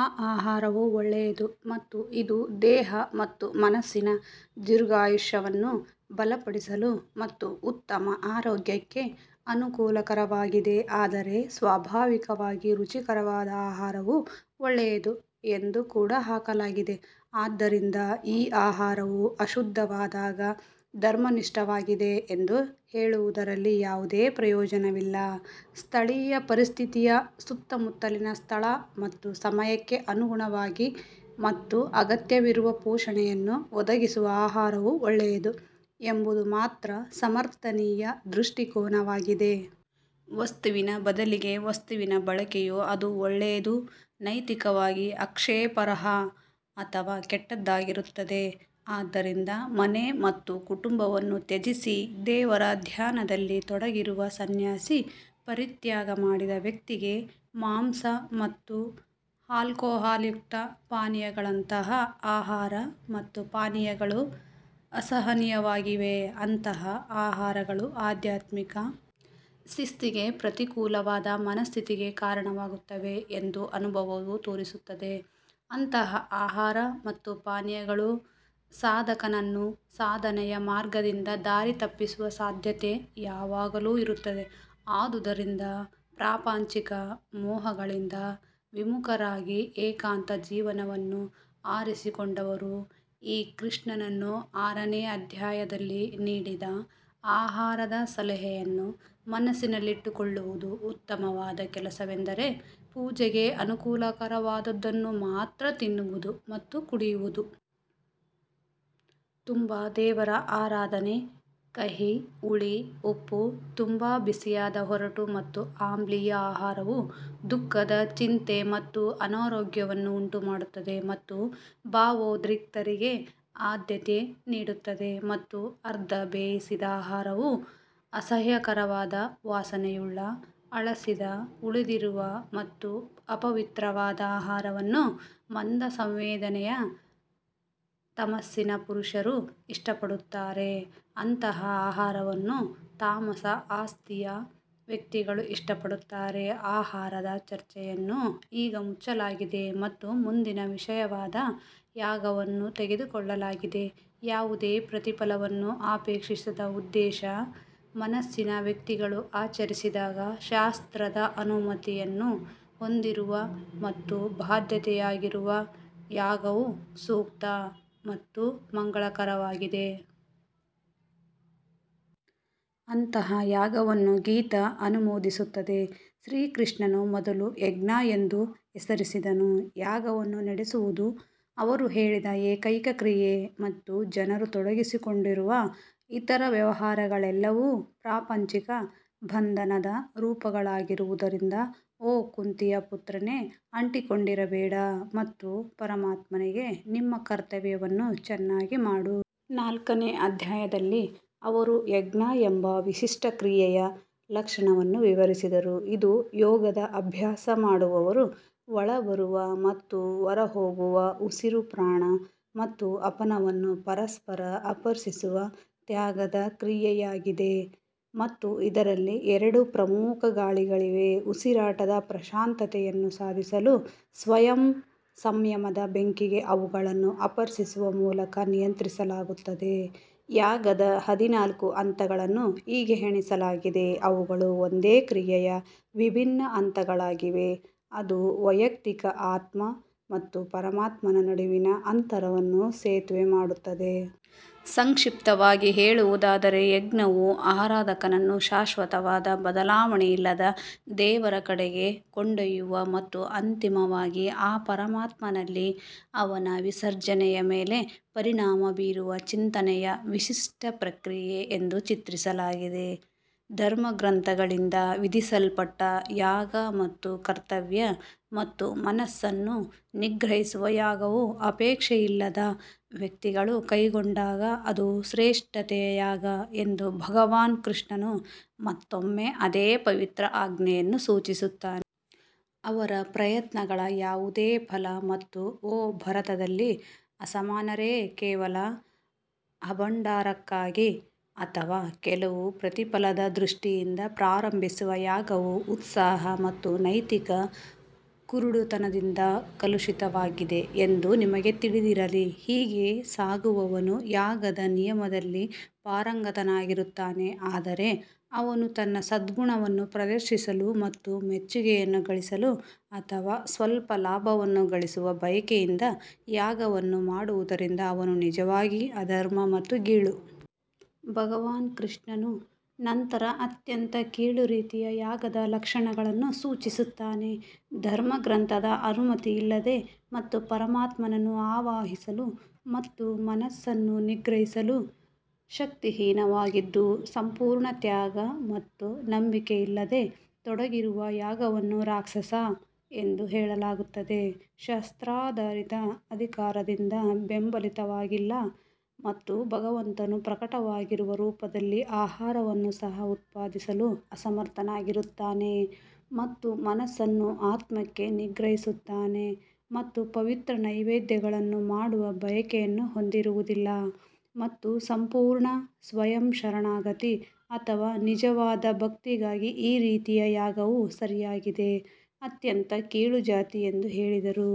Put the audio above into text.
ಆ ಆಹಾರವು ಒಳ್ಳೆಯದು ಮತ್ತು ಇದು ದೇಹ ಮತ್ತು ಮನಸ್ಸಿನ ದೀರ್ಘಾಯುಷ್ಯವನ್ನು ಬಲಪಡಿಸಲು ಮತ್ತು ಉತ್ತಮ ಆರೋಗ್ಯಕ್ಕೆ ಅನುಕೂಲಕರವಾಗಿದೆ ಆದರೆ ಸ್ವಾಭಾವಿಕವಾಗಿ ರುಚಿಕರವಾದ ಆಹಾರವು ಒಳ್ಳೆಯದು ಎಂದು ಕೂಡ ಹಾಕಲಾಗಿದೆ ಆದ್ದರಿಂದ ಈ ಆಹಾರವು ಅಶುದ್ಧವಾದಾಗ ಧರ್ಮನಿಷ್ಠವಾಗಿದೆ ಎಂದು ಹೇಳುವುದರಲ್ಲಿ ಯಾವುದೇ ಪ್ರಯೋಜನವಿಲ್ಲ ಸ್ಥಳೀಯ ಪರಿಸ್ಥಿತಿಯ ಸುತ್ತಮುತ್ತಲಿನ ಸ್ಥಳ ಮತ್ತು ಸಮಯಕ್ಕೆ ಅನುಗುಣವಾಗಿ ಮತ್ತು ಅಗತ್ಯವಿರುವ ಪೋಷಣೆಯನ್ನು ಒದಗಿಸುವ ಆಹಾರವು ಒಳ್ಳೆಯದು ಎಂಬುದು ಮಾತ್ರ ಸಮರ್ಥನೀಯ ದೃಷ್ಟಿಕೋನವಾಗಿದೆ. ವಸ್ತುವಿನ ಬದಲಿಗೆ ವಸ್ತುವಿನ ಬಳಕೆಯು ಅದು ಒಳ್ಳೆಯದು ನೈತಿಕವಾಗಿ ಆಕ್ಷೇಪಾರ್ಹ ಅಥವಾ ಕೆಟ್ಟದ್ದಾಗಿರುತ್ತದೆ ಆದ್ದರಿಂದ ಮನೆ ಮತ್ತು ಕುಟುಂಬವನ್ನು ತ್ಯಜಿಸಿ ದೇವರ ಧ್ಯಾನದಲ್ಲಿ ತೊಡಗಿರುವ ಸನ್ಯಾಸಿ ಪರಿತ್ಯಾಗ ಮಾಡಿದ ವ್ಯಕ್ತಿಗೆ ಮಾಂಸ ಮತ್ತು ಆಲ್ಕೊಹಾಲ್ಯುಕ್ತ ಪಾನೀಯಗಳಂತಹ ಆಹಾರ ಮತ್ತು ಪಾನೀಯಗಳು ಅಸಹನೀಯವಾಗಿವೆ. ಅಂತಹ ಆಹಾರಗಳು ಆಧ್ಯಾತ್ಮಿಕ ಶಿಸ್ತಿಗೆ ಪ್ರತಿಕೂಲವಾದ ಮನಸ್ಥಿತಿಗೆ ಕಾರಣವಾಗುತ್ತವೆ ಎಂದು ಅನುಭವವು ತೋರಿಸುತ್ತದೆ ಅಂತಹ ಆಹಾರ ಮತ್ತು ಪಾನೀಯಗಳು ಸಾಧಕನನ್ನು ಸಾಧನೆಯ ಮಾರ್ಗದಿಂದ ದಾರಿ ತಪ್ಪಿಸುವ ಸಾಧ್ಯತೆ ಯಾವಾಗಲೂ ಇರುತ್ತದೆ ಆದುದರಿಂದ ಪ್ರಾಪಂಚಿಕ ಮೋಹಗಳಿಂದ ವಿಮುಖರಾಗಿ ಏಕಾಂತ ಜೀವನವನ್ನು ಆರಿಸಿಕೊಂಡವರು ಶ್ರೀಕೃಷ್ಣನು ಆರನೇ ಅಧ್ಯಾಯದಲ್ಲಿ ನೀಡಿದ ಆಹಾರದ ಸಲಹೆಯನ್ನು ಮನಸ್ಸಿನಲ್ಲಿಟ್ಟುಕೊಳ್ಳುವುದು ಉತ್ತಮವಾದ ಕೆಲಸವೆಂದರೆ ಪೂಜೆಗೆ ಅನುಕೂಲಕರವಾದದ್ದನ್ನು ಮಾತ್ರ ತಿನ್ನುವುದು ಮತ್ತು ಕುಡಿಯುವುದು. ಮತ್ತು ದೇವರ ಆರಾಧನೆ ಕಹಿ ಹುಳಿ ಉಪ್ಪು ತುಂಬಾ ಬಿಸಿಯಾದ ಒರಟು ಮತ್ತು ಆಮ್ಲೀಯ ಆಹಾರವು ದುಃಖದ ಚಿಂತೆ ಮತ್ತು ಅನಾರೋಗ್ಯವನ್ನು ಉಂಟುಮಾಡುತ್ತದೆ ಮತ್ತು ಭಾವೋದ್ರಿಕ್ತರಿಗೆ ಆದ್ಯತೆ ನೀಡುತ್ತದೆ ಮತ್ತು ಅರ್ಧ ಬೇಯಿಸಿದ ಆಹಾರವು ಅಸಹ್ಯಕರವಾದ ವಾಸನೆಯುಳ್ಳ ಹಳಸಿದ ಉಳಿದಿರುವ ಮತ್ತು ಅಪವಿತ್ರವಾದ ಆಹಾರವನ್ನು ಮಂದ ಸಂವೇದನೆಯ ತಮಸ್ಸಿನ ಪುರುಷರು ಇಷ್ಟಪಡುತ್ತಾರೆ ಅಂತಹ ಆಹಾರವನ್ನು ತಾಮಸ ಆಸ್ತಿಯ ವ್ಯಕ್ತಿಗಳು ಇಷ್ಟಪಡುತ್ತಾರೆ ಆಹಾರದ ಚರ್ಚೆಯನ್ನು ಈಗ ಮುಚ್ಚಲಾಗಿದೆ ಮತ್ತು ಮುಂದಿನ ವಿಷಯವಾದ ಯಾಗವನ್ನು ತೆಗೆದುಕೊಳ್ಳಲಾಗಿದೆ ಯಾವುದೇ ಪ್ರತಿಫಲವನ್ನು ಅಪೇಕ್ಷಿಸದ ಉದ್ದೇಶ ಮನಸ್ಸಿನ ವ್ಯಕ್ತಿಗಳು ಆಚರಿಸಿದಾಗ ಶಾಸ್ತ್ರದ ಅನುಮತಿಯನ್ನು ಹೊಂದಿರುವ ಮತ್ತು ಬಾಧ್ಯತೆಯಾಗಿರುವ ಯಾಗವು ಸೂಕ್ತ ಮತ್ತು ಮಂಗಳಕರವಾಗಿದೆ. ಅಂತಹ ಯಾಗವನ್ನು ಗೀತಾ ಅನುಮೋದಿಸುತ್ತದೆ ಶ್ರೀಕೃಷ್ಣನು ಮೊದಲು ಯಜ್ಞ ಎಂದು ಹೆಸರಿಸಿದನು ಯಾಗವನ್ನು ನಡೆಸುವುದು ಅವರು ಹೇಳಿದ ಏಕೈಕ ಕ್ರಿಯೆ ಮತ್ತು ಜನರು ತೊಡಗಿಸಿಕೊಂಡಿರುವ ಇತರ ವ್ಯವಹಾರಗಳೆಲ್ಲವೂ ಪ್ರಾಪಂಚಿಕ ಬಂಧನದ ರೂಪಗಳಾಗಿರುವುದರಿಂದ ಓ ಕುಂತಿಯ ಪುತ್ರನೇ ಅಂಟಿಕೊಂಡಿರಬೇಡ ಮತ್ತು ಪರಮಾತ್ಮನಿಗೆ ನಿಮ್ಮ ಕರ್ತವ್ಯವನ್ನು ಚೆನ್ನಾಗಿ ಮಾಡು. ನಾಲ್ಕನೇ ಅಧ್ಯಾಯದಲ್ಲಿ ಅವರು ಯಜ್ಞ ಎಂಬ ವಿಶಿಷ್ಟ ಕ್ರಿಯೆಯ ಲಕ್ಷಣವನ್ನು ವಿವರಿಸಿದರು ಇದು ಯೋಗದ ಅಭ್ಯಾಸ ಮಾಡುವವರು ಒಳಬರುವ ಮತ್ತು ಹೊರಹೋಗುವ ಉಸಿರು ಪ್ರಾಣ ಮತ್ತು ಅಪನವನ್ನು ಪರಸ್ಪರ ಅರ್ಪಿಸುವ ತ್ಯಾಗದ ಕ್ರಿಯೆಯಾಗಿದೆ ಮತ್ತು ಇದರಲ್ಲಿ ಎರಡು ಪ್ರಮುಖ ಗಾಳಿಗಳಿವೆ. ಉಸಿರಾಟದ ಪ್ರಶಾಂತತೆಯನ್ನು ಸಾಧಿಸಲು ಸ್ವಯಂ ಸಂಯಮದ ಬೆಂಕಿಗೆ ಅವುಗಳನ್ನು ಅರ್ಪಿಸುವ ಮೂಲಕ ನಿಯಂತ್ರಿಸಲಾಗುತ್ತದೆ ಯಾಗದ ಹದಿನಾಲ್ಕು ಹಂತಗಳನ್ನು ಹೀಗೆ ಎಣಿಸಲಾಗಿದೆ ಅವುಗಳು ಒಂದೇ ಕ್ರಿಯೆಯ ವಿಭಿನ್ನ ಹಂತಗಳಾಗಿವೆ ಅದು ವೈಯಕ್ತಿಕ ಆತ್ಮ ಮತ್ತು ಪರಮಾತ್ಮನ ನಡುವಿನ ಅಂತರವನ್ನು ಸೇತುವೆ ಮಾಡುತ್ತದೆ. ಸಂಕ್ಷಿಪ್ತವಾಗಿ ಹೇಳುವುದಾದರೆ ಯಜ್ಞವು ಆರಾಧಕನನ್ನು ಶಾಶ್ವತವಾದ ಬದಲಾವಣೆಯಿಲ್ಲದ ದೇವರ ಕಡೆಗೆ ಕೊಂಡೊಯ್ಯುವ ಮತ್ತು ಅಂತಿಮವಾಗಿ ಆ ಪರಮಾತ್ಮನಲ್ಲಿ ಅವನ ವಿಸರ್ಜನೆಯ ಮೇಲೆ ಪರಿಣಾಮ ಬೀರುವ ಚಿಂತನೆಯ ವಿಶಿಷ್ಟ ಪ್ರಕ್ರಿಯೆ ಎಂದು ಚಿತ್ರಿಸಲಾಗಿದೆ. ಧರ್ಮಗ್ರಂಥಗಳಿಂದ ವಿಧಿಸಲ್ಪಟ್ಟ ಯಾಗ ಮತ್ತು ಕರ್ತವ್ಯ ಮತ್ತು ಮನಸ್ಸನ್ನು ನಿಗ್ರಹಿಸುವ ಯಾಗವು ಅಪೇಕ್ಷೆಯಿಲ್ಲದ ವ್ಯಕ್ತಿಗಳು ಕೈಗೊಂಡಾಗ ಅದು ಶ್ರೇಷ್ಠತೆಯ ಯಾಗ ಎಂದು ಭಗವಾನ್ ಕೃಷ್ಣನು ಮತ್ತೊಮ್ಮೆ ಅದೇ ಪವಿತ್ರ ಆಜ್ಞೆಯನ್ನು ಸೂಚಿಸುತ್ತಾನೆ. ಅವರ ಪ್ರಯತ್ನಗಳ ಯಾವುದೇ ಫಲ ಮತ್ತು ಓ ಭರತದಲ್ಲಿ ಅಸಮಾನರೇ ಕೇವಲ ಆಡಂಬರಕ್ಕಾಗಿ ಅಥವಾ ಕೆಲವು ಪ್ರತಿಫಲದ ದೃಷ್ಟಿಯಿಂದ ಪ್ರಾರಂಭಿಸುವ ಯಾಗವು ಉತ್ಸಾಹ ಮತ್ತು ನೈತಿಕ ಕುರುಡುತನದಿಂದ ಕಲುಷಿತವಾಗಿದೆ ಎಂದು ನಿಮಗೆ ತಿಳಿದಿರಲಿ. ಹೀಗೆ ಸಾಗುವವನು ಯಾಗದ ನಿಯಮದಲ್ಲಿ ಪಾರಂಗತನಾಗಿರುತ್ತಾನೆ ಆದರೆ ಅವನು ತನ್ನ ಸದ್ಗುಣವನ್ನು ಪ್ರದರ್ಶಿಸಲು ಮತ್ತು ಮೆಚ್ಚುಗೆಯನ್ನು ಗಳಿಸಲು ಅಥವಾ ಸ್ವಲ್ಪ ಲಾಭವನ್ನು ಗಳಿಸುವ ಬಯಕೆಯಿಂದ ಯಾಗವನ್ನು ಮಾಡುವುದರಿಂದ ಅವನು ನಿಜವಾಗಿ ಅಧರ್ಮ ಮತ್ತು ಗೀಳು. ಭಗವಾನ್ ಕೃಷ್ಣನು ನಂತರ ಅತ್ಯಂತ ಕೀಳು ರೀತಿಯ ಯಾಗದ ಲಕ್ಷಣಗಳನ್ನು ಸೂಚಿಸುತ್ತಾನೆ ಧರ್ಮಗ್ರಂಥದ ಅನುಮತಿಯಿಲ್ಲದ ಮತ್ತು ಪರಮಾತ್ಮನನ್ನು ಆವಾಹಿಸಲು ಮತ್ತು ಮನಸ್ಸನ್ನು ನಿಗ್ರಹಿಸಲು ಶಕ್ತಿಹೀನವಾಗಿದ್ದು ಸಂಪೂರ್ಣ ತ್ಯಾಗ ಮತ್ತು ನಂಬಿಕೆಯಿಲ್ಲದೆ ತೊಡಗಿರುವ ಯಾಗವನ್ನು ರಾಕ್ಷಸ ಎಂದು ಹೇಳಲಾಗುತ್ತದೆ. ಶಾಸ್ತ್ರಾಧಾರಿತ ಅಧಿಕಾರದಿಂದ ಬೆಂಬಲಿತವಾಗಿಲ್ಲ ಮತ್ತು ಭಗವಂತನು ಪ್ರಕಟವಾಗಿರುವ ರೂಪದಲ್ಲಿ ಆಹಾರವನ್ನು ಸಹ ಉತ್ಪಾದಿಸಲು ಅಸಮರ್ಥನಾಗಿರುತ್ತಾನೆ ಮತ್ತು ಮನಸ್ಸನ್ನು ಆತ್ಮಕ್ಕೆ ನಿಗ್ರಹಿಸುತ್ತಾನೆ ಮತ್ತು ಪವಿತ್ರ ನೈವೇದ್ಯಗಳನ್ನು ಮಾಡುವ ಬಯಕೆಯನ್ನು ಹೊಂದಿರುವುದಿಲ್ಲ ಮತ್ತು ಸಂಪೂರ್ಣ ಸ್ವಯಂ ಶರಣಾಗತಿ ಅಥವಾ ನಿಜವಾದ ಭಕ್ತಿಗಾಗಿ ಈ ರೀತಿಯ ಯಾಗವು ಸರಿಯಾಗಿದೆ. ಅತ್ಯಂತ ಕೀಳು ಜಾತಿ ಎಂದು ಹೇಳಿದರು.